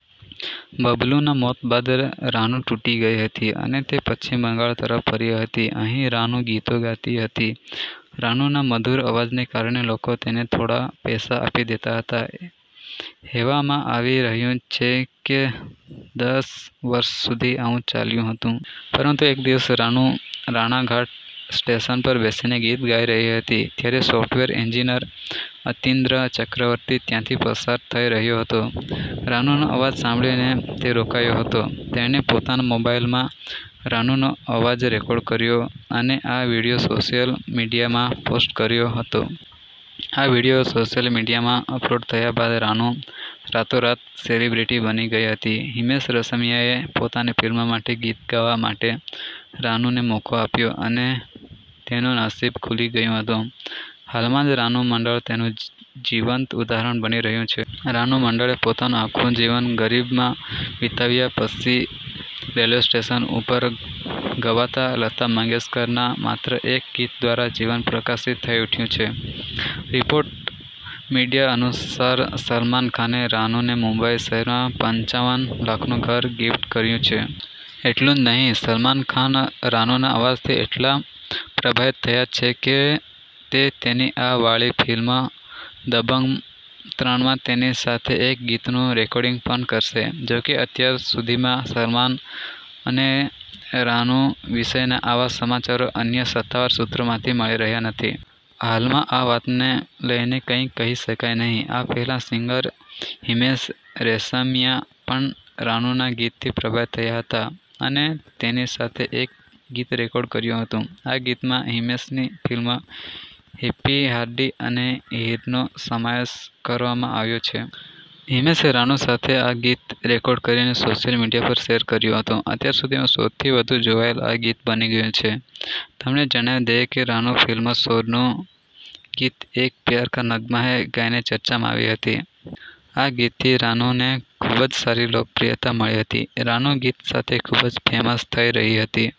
બબલૂના મોત બાદ રાનૂ તૂટી ગઈ હતી અને તે પશ્ચિમ બંગાળ પરત ફરી હતી. અહીં રાનૂ ગીતો ગાતી હતી. રાનૂના મધુર અવાજને કારણે લોકો તેને થોડાં પૈસા આપી દેતા હતા. હેવામાં આવી રહ્યું છે કે દસ વર્ષ સુધી આવું ચાલ્યું હતું. પરંતુ એક દિવસ રાનૂ રાણાઘાટ સ્ટેશન પર બેસીને ગીત ગાઈ રહી હતી ત્યારે સોફ્ટવેર એન્જીનિયર અતિન્દ્ર ચક્રવર્તી ત્યાંથી પસાર થઈ રહ્યો હતો. રાનૂનો અવાજ સાંભળીને તે રોકાયો હતો. તેણે પોતાના મોબાઇલમાં રાનૂનો અવાજ રેકોર્ડ કર્યો અને આ વીડિયો સોશિયલ મીડિયામાં પોસ્ટ કર્યો હતો. આ વીડિયો સોશિયલ મીડિયામાં અપલોડ થયા બાદ રાનૂ રાતોરાત સેલિબ્રિટી બની ગઈ હતી. હિમેશ રેશમિયાએ પોતાની ફિલ્મ માટે ગીત ગાવા માટે રાનૂને મોકો આપ્યો અને તેનો નસિબ ખુલી ગયું હતું. હાલમાં જ રાનું મંડળ તેનું જીવંત ઉદાહરણ બની રહીયું છે. રાનુ મંડળ એ પોતાનું આખું જીવન ગરીબમાં વિતાવ્યા પછી રેલવે સ્ટેશન ઉપર ગવાતા લતા મંગેશકર ના માત્ર એક ગીત દ્વારા જીવન પ્રકાશિત થઇ ઉઠ્યું છે. રિપોર્ટ મીડિયા અનુસાર, સલમાન ખાને રાનુ ને મુંબઈ શહેરમાં પંચાવન લાખનું ઘર ગિફ્ટ કરીયું છે. એટલું જ નહીં સલમાન ખાન રાનુના અવાજ થી એટલા પ્રભાવિત થયા છે કે તે તેની આ વાળી ફિલ્મ દબંગ ત્રણમાં તેની સાથે એક ગીતનું રેકોર્ડિંગ પણ કરશે. જોકે અત્યાર સુધીમાં સલમાન અને રાનું વિષયના આવા સમાચારો અન્ય સત્તાવાર સુત્રોમાંથી મળી રહ્યા નથી. હાલમાં આ વાતને લઇને કંઇ કહી શકાય નહીં. આ પહેલા સિંગર હિમેશ રેશમિયા પણ રાનુના ગીત થી પ્રભાવિત થયા હતા અને તેની સાથે એક ગીત રેકોર્ડ કર્યું હતું. આ ગીતમાં હિમેશની ફિલ્મ હેપી હાર્ડી અને હીર નો સમાવેશ કરવામાં આવ્યો છે. હીમેશે રાનુ સાથે આ ગીત રેકોર્ડ કરીને સોશિયલ મીડિયા પર શેર કર્યું હતું. અત્યાર સુધીમાં સૌથી વધુ જોવાયેલ આ ગીત બની ગયું છે. તમને જણાવી દઇએ કે રાનું ફિલ્મ શોર નું ગીત 'એક પ્યાર કા નગમાં હૈ' ગાઈને ચર્ચામાં આવી હતી. આ ગીત થી રાનુ ને ખૂબ જ સારી લોકપ્રિયતા મળી હતી. રાનુ ગીત સાથે ખૂબ જ ફેમસ થઈ રહી હતી.